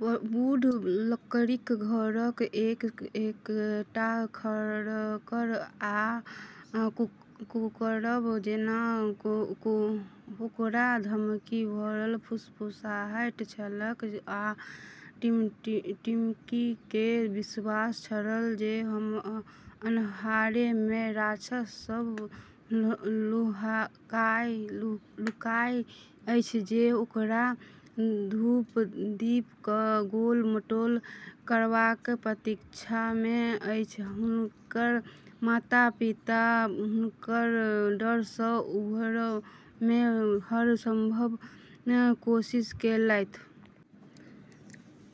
बूढ़ लकड़ीक घरक एक-एकटा खरखर आ कुहरब जेना ओकरा धमकी भरल फुसफुसाइत छलैक, आ टिम्मीकेँ विश्वास छलैक जे अन्हारमे राक्षस सभ लुकायल अछि, जे ओकरा दौड़-धूप क’ क’ गोल-मटोल करबाक प्रतीक्षामे अछि। हुनकर माता-पिता हुनकर डर सँ उबरबामे हर संभव कोशिश केलथि।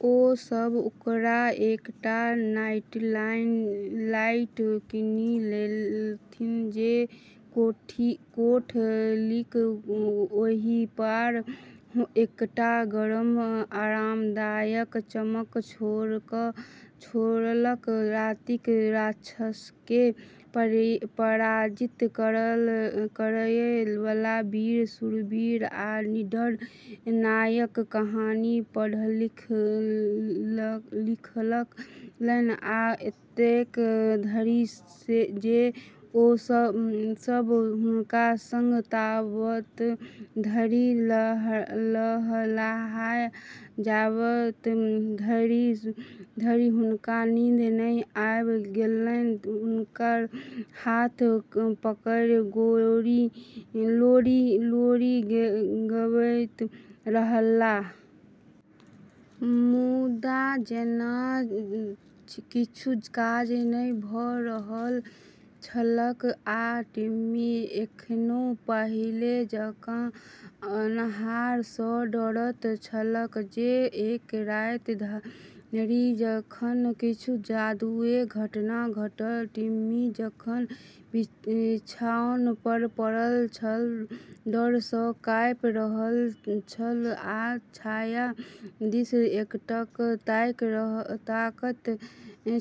ओ सभ ओकरा एकटा नाइटलाइट कीनि लेलथि जे कोठलीक ओहि पार एकटा गरम, आरामदायक चमक छोड़लक। रातिक राक्षसकेँ पराजित करय बला वीर शूरवीर आ निडर नायकक कहानी पढ़लखिन्ह। आ एतेक धरि जे ओ सभ हुनका संग ताबत धरि रहलाह जाबत धरि हुनका नींद नहि आबि गेलनि, हुनकर हाथ पकड़ि लोरी गबैत रहलाह। मुदा जेना किछु काज नहि भ’ रहल छलैक, आ टिम्मी एखनो पहिने जकाँ अन्हार सँ डरैत छलैक। जे एक राति धरि, जखन किछु जादुई घटना घटल। टिम्मी जखन बिछाओन पर पड़ल छल, डर सँ काँपि रहल छल आ छाया दिस एकटक तकैत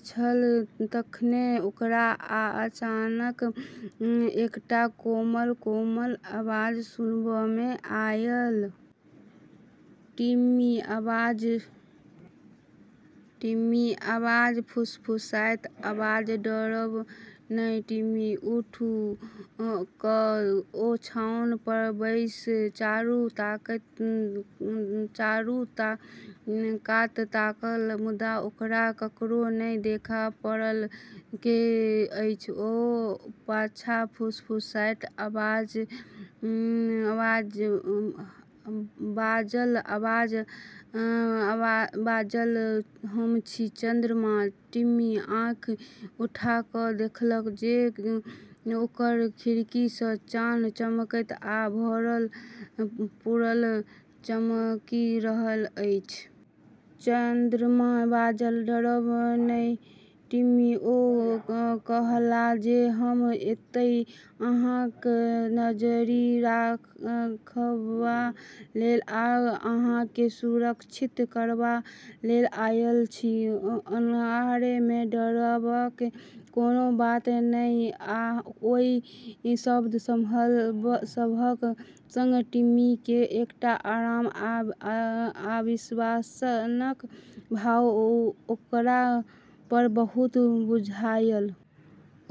छल, तखने ओकरा अचानक एकटा कोमल, कोमल आवाज सुनबामे आयल। "टिम्मी" आवाज फुसफुसाइत बाजल। "डरब नहि।" टिम्मी उठि क’ ओछाओन पर बैसि चारू कात तकलक, मुदा ओकरा ककरो नहि देखा पड़लैक। "के अछि?" ओ पाछाँ फुसफुसाइत बाजल। आवाज बाजल, "हम छी, चन्द्रमा।" टिम्मी आँखि उठा क’ देखलक जे ओकर खिड़की सँ चान चमकैत आ भरल-पूरल चमकि रहल अछि। चन्द्रमा बाजल, "डरब नहि टिम्मी।" ओ कहला जे हम एतय अहाँक नजरि राखबा लेल आ अहाँकेँ सुरक्षित राखबा लेल आयल छी। अन्हारमे डरबाक कोनो बात नहि। आ ओहि शब्द सभक संग टिम्मीकेँ एकटा आराम आ आश्वासनक भाव ओकरा पर बहल बुझायल।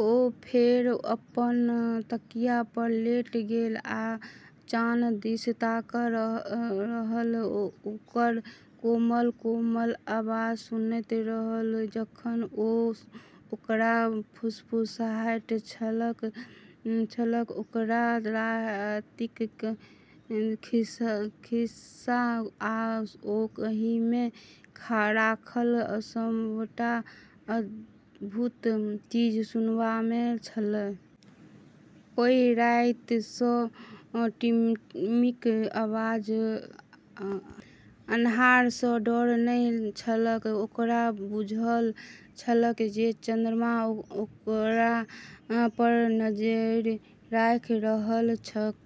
ओ फेर अपन तकिया पर लेट गेल आ चान दिस तकैत रहल, ओकर कोमल, कोमल आवाज सुनैत रहल जखन ओ ओकरा फुसफुसाइत छलैक, ओकरा रातिक खिस्सा आ ओहिमे राखल सभटा अद्भुत चीज सुनाबैत छलैक। ओहि राति सँ टिम्मीकेँ आब अन्हार सँ डर नहि छलैक। ओकरा बुझल छलैक जे चन्द्रमा ओकरा पर नजरि राखि रहल छैक।